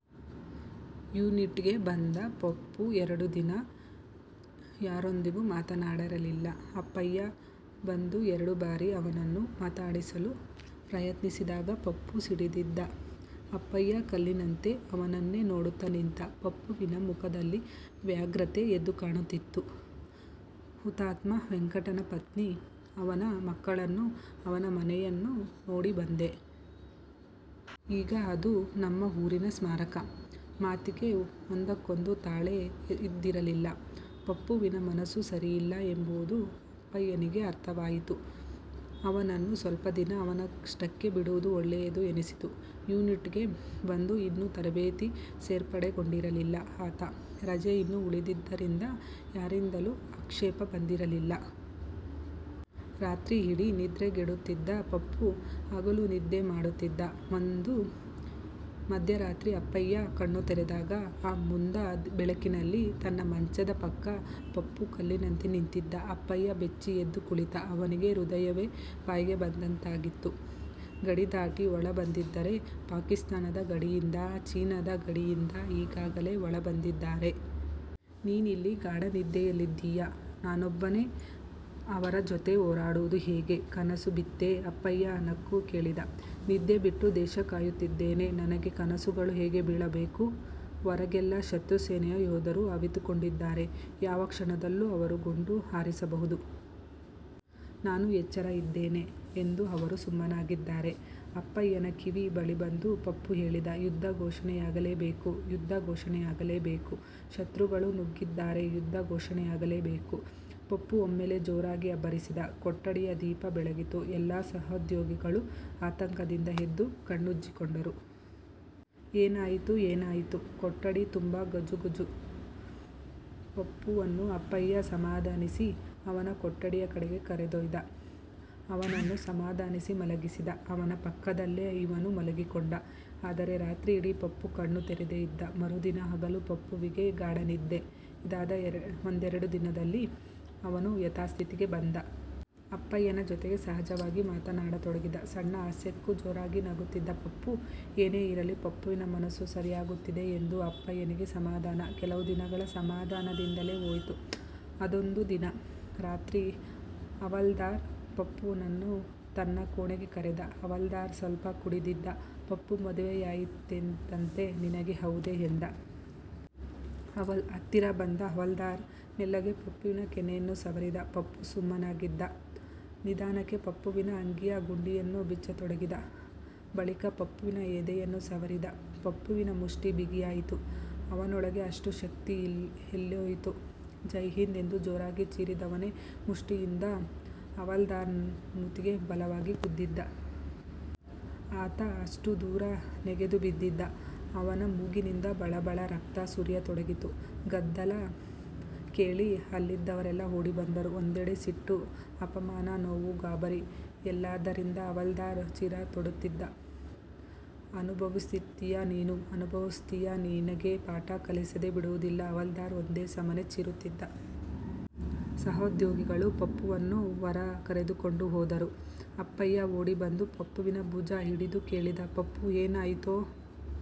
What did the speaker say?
ಯುನಿಟ್ಗೆ ಬಂದ ಪಪ್ಪು ಎರಡು ದಿನ ಯಾರೊಂದಿಗೂ ಮಾತನಾಡಿರಲಿಲ್ಲ. ಅಪ್ಪಯ್ಯ ಬಂದು ಎರಡು ಬಾರಿ ಅವನನ್ನು ಮಾತನಾಡಿಸಲು ಪ್ರಯತ್ನಿಸಿದಾಗ ಪಪ್ಪು ಸಿಡಿದಿದ್ದ ಅಪ್ಪಯ್ಯ ಕಲ್ಲಿನಂತೆ ಅವನನ್ನೇ ನೋಡುತ್ತಾ ನಿಂತ. ಪಪ್ಪುವಿನ ಮುಖದಲ್ಲಿ ವ್ಯಗ್ರತೆ ಎದ್ದು ಕಾಣುತ್ತಿತ್ತು. ''ಹುತಾತ್ಮ ವೆಂಕಟನ ಪತ್ನಿ, ಅವನ ಮಕ್ಕಳನ್ನು, ಅವನ ಮನೆಯನ್ನು ನೋಡಿ ಬಂದೆ. ಈಗ ಅದು ನಮ್ಮ ಊರಿನ ಸ್ಮಾರಕ '' ಮಾತಿಗೆ ಒಂದಕ್ಕೊಂದು ತಾಳೆ ಇದ್ದಿರಲಿಲ್ಲ. ಪಪ್ಪುವಿನ ಮನಸ್ಸು ಸರಿಯಿಲ್ಲ ಎನ್ನುವುದು ಅಪ್ಪಯ್ಯನಿಗೆ ಅರ್ಥವಾಯಿತು. ಅವನನ್ನು ಸ್ವಲ್ಪ ದಿನ ಅವನಷ್ಟಕ್ಕೆ ಬಿಡುವುದು ಒಳ್ಳೆಯದು ಎನ್ನಿಸಿತು. ಯುನಿಟ್ಗೆ ಬಂದು ಇನ್ನೂ ತರಬೇತಿಗೆ ಸೇರ್ಪಡೆಗೊಂಡಿರಲಿಲ್ಲ ಆತ. ರಜೆ ಇನ್ನೂ ಉಳಿದಿದ್ದುದರಿಂದ ಯಾರಿಂದಲೂ ಆಕ್ಷೇಪ ಬಂದಿರಲಿಲ್ಲ. ರಾತ್ರಿಯಿಡೀ ನಿದ್ರೆಗೆಡುತ್ತಿದ್ದ ಪಪ್ಪು, ಹಗಲು ನಿದ್ದೆ ಮಾಡುತ್ತಿದ್ದ. ಒಂದು ಮಧ್ಯ ರಾತ್ರಿ ಅಪ್ಪಯ್ಯ ಕಣ್ಣು ತೆರೆದಾಗ ಆ ಮಂದ ಬೆಳಕಿನಲ್ಲಿ ತನ್ನ ಮಂಚದ ಪಕ್ಕ ಪಪ್ಪು ಕಲ್ಲಿನಂತೆ ನಿಂತಿದ್ದ. ಅಪ್ಪಯ್ಯ ಬೆಚ್ಚಿ ಎದ್ದು ಕುಳಿತ. ಅವನಿಗೆ ಹೃದಯವೇ ಬಾಯಿಗೆ ಬಂದಂತಾಗಿತ್ತು. ''ಗಡಿದಾಟಿ ಒಳ ಬಂದಿದ್ದಾರೆ. ಪಾಕಿಸ್ತಾನದ ಗಡಿಯಿಂದ, ಚೀನಾದ ಗಡಿಯಿಂದ ಈಗಾಗಲೇ ಒಳ ಬಂದಿದ್ದಾರೆ. ನೀನಿಲ್ಲಿ ಗಾಢ ನಿದ್ದೆಯಲ್ಲಿದ್ದೀಯ. ನಾನೊಬ್ಬನೇ ಅವರ ಜೊತೆ ಹೋರಾಡುವುದು ಹೇಗೆ? '' ''ಕನಸು ಬಿತ್ತೇ? '' ಅಪ್ಪಯ್ಯ ನಕ್ಕು ಕೇಳಿದ. ''ನಿದ್ದೆ ಬಿಟ್ಟು ದೇಶ ಕಾಯುತ್ತಿದ್ದೇನೆ. ನನಗೆ ಕನಸು ಗಳು ಹೇಗೆ ಬೀಳಬೇಕು? ಹೊರಗೆಲ್ಲ ಶತ್ರು ಸೇನೆಯ ಯೋಧರು ಅವಿತುಕೊಂಡಿದ್ದಾರೆ. ಯಾವ ಕ್ಷಣದಲ್ಲೂ ಅವರು ಗುಂಡು ಹಾರಿಸಬಹುದು. ನಾನು ಎಚ್ಚರ ಇದ್ದೇನೆ ಎಂದು ಅವರು ಸುಮ್ಮಗಿದ್ದಾರೆ'' ಅಪ್ಪಯ್ಯನ ಕಿವಿಯ ಬಳಿ ಬಂದು ಪಪ್ಪು ಹೇಳಿದ. ''ಯುದ್ಧ ಘೋಷಣೆಯಾಗಲೇ ಬೇಕು. ಯುದ್ಧ ಘೋಷಣೆಯಾಗಲೇ ಬೇಕುಶತ್ರುಗಳು ನುಗ್ಗಿದ್ದಾರೆಯುದ್ಧ ಘೋಷಣೆಯಾಗಲೇ ಬೇಕು'' ಪಪ್ಪು ಒಮ್ಮೆಲೆ ಜೋರಾಗಿ ಅಬ್ಬರಿಸಿದ. ಕೊಠಡಿಯ ದೀಪ ಬೆಳಗಿತು. ಎಲ್ಲ ಸಹೊದ್ಯೋಗಿಗಳೂ ಆತಂಕ ದಿಂದ ಎದ್ದು ಕಣ್ಣುಜ್ಜಿಕೊಂಡರು. ''ಏನಾಯಿತುಏನಾಯಿತು? '' ಕೊಠಡಿ ತುಂಬಾ ಗುಜುಗುಜು. ಪಪ್ಪುವನ್ನು ಅಪ್ಪಯ್ಯ ಸಮಾಧಾನಿಸಿ ಅವನ ಕೊಠಡಿಯ ಕಡೆಗೆ ಕರೆದೊಯ್ದ. ಅವನನ್ನು ಸಮಾಧಾನಿಸಿ ಮಲಗಿಸಿದ. ಅವನ ಪಕ್ಕದಲ್ಲೇ ಇವನೂ ಮಲಗಿಕೊಂಡ. ಆದರೆ ರಾತ್ರಿಯಿಡೀ ಪಪ್ಪು ಕಣ್ಣು ತೆರೆದೇ ಇದ್ದ. ಮರುದಿನ ಹಗಲು ಪಪ್ಪುವಿಗೆ ಗಾಢ ನಿದ್ದೆ. ಇದಾದ ಒಂದೆರಡು ದಿನದಲ್ಲಿ ಅವನು ಯಥಾಸ್ಥಿತಿಗೆ ಬಂದ. ಅಪ್ಪಯ್ಯನ ಜೊತೆಗೆ ಸಹಜವಾಗಿ ಮಾತನಾಡತೊಡಗಿದ. ಸಣ್ಣ ಹಾಸ್ಯಕ್ಕೂ ಜೋರಾಗಿ ನಗುತ್ತಿದ್ದ ಪಪ್ಪು. ಏನೇ ಇರಲಿ, ಪಪ್ಪುವಿನ ಮನಸ್ಸು ಸರಿಯಾಗುತ್ತಿದೆ ಎಂದು ಅಪ್ಪಯ್ಯನಿಗೆ ಸಮಾಧಾನ. ಕೆಲವು ದಿನಗಳು ಸಮಾಧಾನದಿಂದಲೇ ಹೋಯಿತು. ಅದೊಂದು ದಿನ ರಾತ್ರಿ ಹವಾಲ್ದಾರ್ ಪಪ್ಪುವನ್ನು ತನ್ನ ಕೋಣೆಗೆ ಕರೆದ. ಹವಾಲ್ದಾರ್ ಸ್ವಲ್ಪ ಕುಡಿದಿದ್ದ. ''ಪಪ್ಪುಮದುವೆಯಾಯಿತಂತೆ ನಿನಗೆ ಹೌದೆ'' ಎಂದ. ಹತ್ತಿರ ಬಂದ ಹವಾಲ್ದಾರ್ ಮೆಲ್ಲಗೆ ಪಪ್ಪುವಿನ ಕೆನ್ನೆಯನ್ನು ಸವರಿದ. ಪಪ್ಪು ಸುಮ್ಮಗಿದ್ದ. ನಿಧಾನಕ್ಕೆ ಪಪ್ಪುವಿನ ಅಂಗಿಯ ಗುಂಡಿಯನ್ನು ಬಿಚ್ಚತೊಡಗಿದ. ಬಳಿಕ ಪಪ್ಪುವಿನ ಎದೆಯನ್ನು ಸವರಿದ. ಪಪ್ಪುವಿನ ಮುಷ್ಟಿ ಬಿಗಿಯಾಯಿತು. ಅವನೊಳಗೆ ಅಷ್ಟು ಶಕ್ತಿ ಎಲ್ಲಿತ್ತೋ? ''ಜೈ ಹಿಂದ್'' ಎಂದು ಜೋರಾಗಿ ಚೀರಿದವನೇ ಮುಷ್ಟಿಯಿಂದ ಹವಾಲ್ದಾರ್ನ ಮೂತಿಗೆ ಬಲವಾಗಿ ಗುದ್ದಿದ. ಆತ ಅಷ್ಟು ದೂರ ನೆಗೆದು ಬಿದ್ದಿದ್ದ. ಅವನ ಮೂಗಿನಿಂದ ಬಳಬಳ ರಕ್ತ ಸುರಿಯತೊಡಗಿತ್ತು. ಗದ್ದಲ ಕೇಳಿ ಅಲ್ಲಿದ್ದವರೆಲ್ಲ ಓಡಿ ಬಂದರು. ಒಂದೆಡೆ ಸಿಟ್ಟು, ಅಪಮಾನ, ನೋವು, ಗಾಬರಿ ಎಲ್ಲದರಿಂದ ಹವಾಲ್ದಾರ್ ಚೀರಾಡುತ್ತಿದ್ದ. ''ಅನುಭವಿಸುತ್ತೀಯನೀನು ಅನುಭವಿಸು ತ್ತೀಯನಿನಗೆ ಪಾಠ ಕಲಿಸದೇ ಬಿಡುವುದಿಲ್ಲ'' ಹವಾಲ್ದಾರ್ ಒಂದೇ ಸಮನೆ ಚೀರುತ್ತಿದ್ದ. ಸಹೋದ್ಯೋಗಿಗಳು ಪಪ್ಪುವನ್ನು ಹೊರ ಕರೆದುಕೊಂಡು ಹೋದರು. ಅಪ್ಪಯ್ಯ ಓಡಿ ಬಂದು ಪಪ್ಪುವಿನ ಭುಜ ಹಿಡಿದು ಕೇಳಿದ ''ಪಪ್ಪು ಏನಾಯ್ತೋ? ''